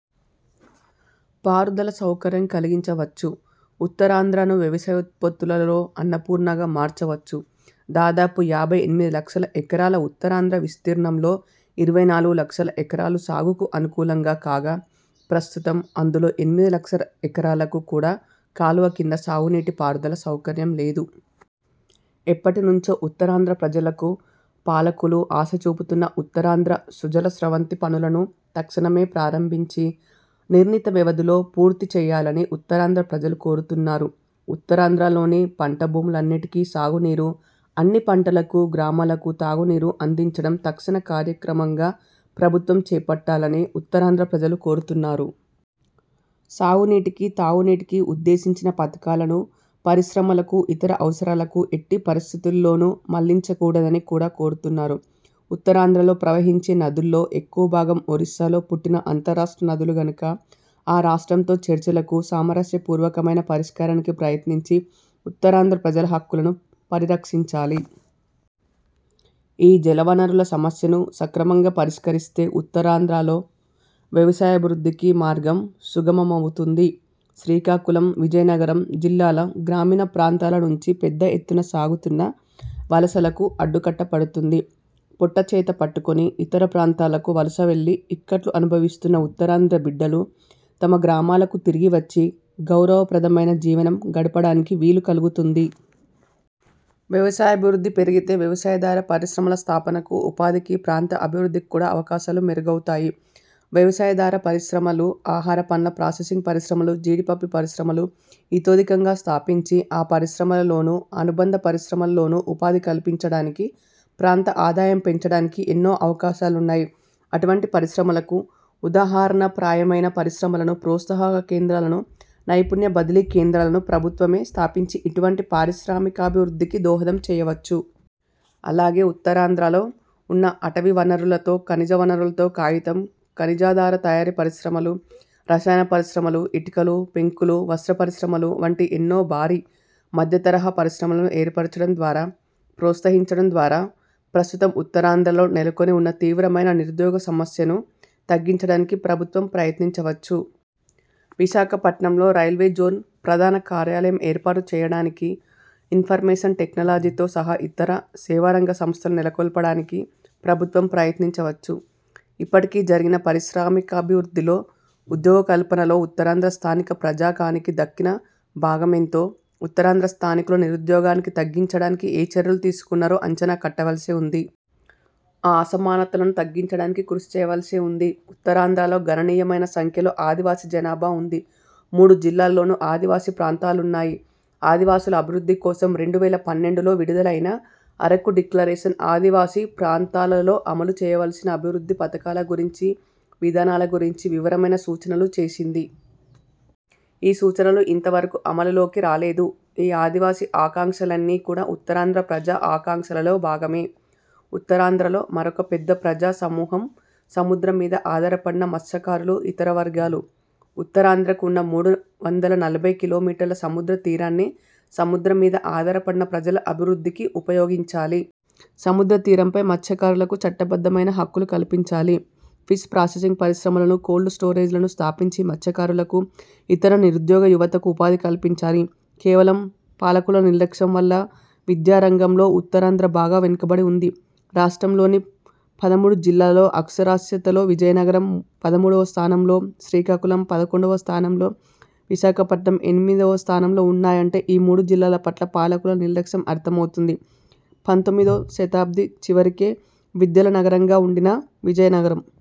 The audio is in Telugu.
పారుదల సౌకర్యం కలిగించవచ్చు. ఉత్తరాంధ్రను వ్యవసాయోత్పత్తులలో అన్నపూర్ణగా మార్చవచ్చు. దాదాపు యాభై ఎనిమిది లక్షల ఎకరాల ఉత్తరాంధ్ర విస్తీర్ణంలో ఇరవై నాలుగు లక్షల ఎకరాలు సాగుకు అనుకూలం కాగా, ప్రస్తుతం అందులో ఎనిమిది లక్షల ఎకరాలకు కూడా కాలువల కింద సాగునీటి పారుదల సౌకర్యం లేదు. ఎప్పటి నుంచో ఉత్తరాంధ్ర ప్రజలకు పాలకులు ఆశ చూపుతున్న ఉత్తరాంధ్ర సుజల స్రవంతి పనులను తక్షణమే ప్రారంభించి, నిర్ణీత వ్యవధిలో పూర్తి చేయాలని ఉత్తరాంధ్ర ప్రజలు కోరుతున్నారు. ఉత్తరాంధ్ర లోని పంట భూములన్నిటికీ సాగునీరు, అన్ని పట్టణాలకూ, గ్రామాలకూ తాగు నీరు అందించడం తక్షణ కార్యక్రమంగా ప్రభుత్వం చేపట్టాలని ఉత్తరాంధ్ర ప్రజలు కోరుతున్నారు. సాగు నీటికీ, తాగు నీటికీ ఉద్దేశించిన పథకాలను పరిశ్రమలకు, ఇతర అవసరాలకు ఎట్టి పరిస్థితులలోనూ మళ్లించగూడదని కూడా కోరుతున్నారు. ఉత్తరాంధ్రలో ప్రవహించే నదుల్లో ఎక్కువభాగం ఒరిస్సాలో పుట్టిన అంతర్రాష్ట్ర నదులు గనుక ఆ రాష్ట్రంతో చర్చలకు, సామరస్య పూర్వకమైన పరిష్కారానికి ప్రయత్నించి, ఉత్తరాంధ్ర ప్రజల హక్కులను పరిరక్షించాలి. ఈ జలవనరుల సమస్యను సక్రమంగా పరిష్కరిస్తే ఉత్తరాంధ్రలో వ్యవసాయాభివృద్ధికి మార్గం సుగమమవుతుంది. శ్రీకాకుళం, విజయనగరం జిల్లాల గ్రామీణ ప్రాంతాల నుంచి పెద్ద ఎత్తున సాగుతున్న వలసలకు అడ్డుకట్ట పడుతుంది. పొట్ట చేత పట్టుకుని ఇతర ప్రాంతాలకు వలస వెళ్లి ఇక్కట్లు అనుభవిస్తున్న ఉత్తరాంధ్ర బిడ్డలు తమ గ్రామాలకు తిరిగివచ్చి గౌరవప్రదమైన జీవనం గడపడానికి వీలు కలుగుతుంది. వ్యవసాయాభివృద్ధి పెరిగితే వ్యవసాయాధార పరిశ్రమల స్థాపనకు, ఉపాధికీ, ప్రాంత అభివృద్ధికీ కూడా అవకాశాలు మెరుగవుతాయి. వ్యవసాయాధార పరిశ్రమలు, ఆహార, పండ్ల ప్రాసెసింగ్ పరిశ్రమలు, జీడిపప్పు పరిశ్రమలు ఇతోధికంగా స్థాపించి, ఆ పరిశ్రమలలోను, అనుబంధ పరిశ్రమలలోను ఉపాధి కల్పించడానికీ, ప్రాంత ఆదాయం పెంచడానికీ ఎన్నో అవకాశాలున్నాయి. అటువంటి పరిశ్రమలకు ఉదాహరణ ప్రాయమైన పరిశ్రమలను, ప్రోత్సాహక కేంద్రాలను, నైపుణ్య బదిలీ కేంద్రాలను ప్రభుత్వమే స్థాపించి ఇటువంటి పారిశ్రామికాభివృద్ధికి దోహదం చేయవచ్చు. అలాగే ఉత్తరాంధ్రలో ఉన్న అటవీ వనరులతో, ఖనిజ వనరులతో కాగితం, ఖనిజాధార తయారీ పరిశ్రమలు, రసాయన పరిశ్రమలు, ఇటుకలు, పెంకులు, వస్త్ర పరిశ్రమలు వంటి ఎన్నో భారీ, మధ్యతరహా పరిశ్రమలను ఏర్పరచడం ద్వారా, ప్రోత్సహించడం ద్వారా ప్రస్తుతం ఉత్తరాంధ్రలో నెలకొని ఉన్న తీవ్రమైన నిరుద్యోగ సమస్యను తగ్గించడానికి ప్రభుత్వం ప్రయత్నించవచ్చు. విశాఖపట్నంలో రైల్వే జోన్ ప్రధాన కార్యాలయం ఏర్పాటు చేయడానికి, ఇన్ఫర్మేషన్ టెక్నాలజీతో సహా ఇతర సేవారంగ సంస్థలు నెలకొల్పడానికి ప్రభుత్వం ప్రయత్నించవచ్చు. ఇప్పటికి జరిగిన పారిశ్రామికాభివృద్ధిలో, ఉద్యోగకల్పనలో ఉత్తరాంధ్ర స్థానిక ప్రజానీకానికి దక్కిన భాగమెంతో, ఉత్తరాంధ్ర స్థానికుల నిరుద్యోగాన్ని తగ్గించడానికి ఏ చర్యలు తీసుకున్నారో అంచనా కట్టవలసే ఉంది. ఆ అసమానతలను తగ్గించడానికి కృషి చేయవలసే ఉంది. ఉత్తరాంధ్రలో గణనీయమైన సంఖ్యలో ఆదివాసీ జనాభా ఉంది. మూడు జిల్లాలలోను ఆదివాసీ ప్రాంతాలున్నాయి. ఆదివాసుల అభివృద్ధి కోసం రెండు వేల పన్నెండులో విడుదల అయిన అరకు డిక్లరేషన్ ఆదివాసీ ప్రాంతాలలో అమలు చేయవలసిన అభివృద్ధి పథకాల గురించి, విధానాల గురించి వివరమైన సూచనలు చేసింది. ఇ సూచనలు ఇంతవరకూ అమలులోకి రాలేదు. ఈ ఆదివాసీ ఆకాంక్షలన్నీ కూడా ఉత్తరాంధ్ర ప్రజా ఆకాంక్షలలో భాగమే. ఉత్తరాంధ్రలో మరొక పెద్ద ప్రజా సమూహం సముద్రం మీద ఆధారపడిన మత్స్యకారులు, ఇతర వర్గాలు. ఉత్తరాంధ్రకు ఉన్న మూడు వందల నలభై కిలో మీటర్ల సముద్ర తీరాన్ని సముద్రం మీద ఆధారపడిన ప్రజల అభివృద్ధికి ఉపయోగించాలి. సముద్ర తీరంపై మత్స్యకారులకు చట్టబద్ధమైన హక్కులు కల్పించాలి. ఫిష్ ప్రాసెసింగ్ పరిశ్రమలను, కోల్డ్ స్టోరేజీలను స్థాపించి మత్స్యకారులకు, ఇతర నిరుద్యోగ యువతకు ఉపాధి కల్పించాలి. కేవలం పాలకుల నిర్లక్ష్యం వల్ల విద్యారంగంలో ఉత్తరాంధ్ర బాగా వెనుకబడి ఉంది. రాష్ట్రంలోని పదమూడు జిల్లాలలో అక్షరాస్యతలో విజయనగరం పదమూడువ స్థానంలో, శ్రీకాకుళం పదకొండువ స్థానంలో, విశాఖపట్నం ఎనిమిదివ స్థానంలో ఉన్నాయంటే ఈ మూడు జిల్లాల పట్ల పాలకుల నిర్లక్ష్యం అర్థమవుతుంది. పందొమ్మిదో శతాబ్ది చివరికే విద్యల నగరంగా ఉండిన విజయనగరం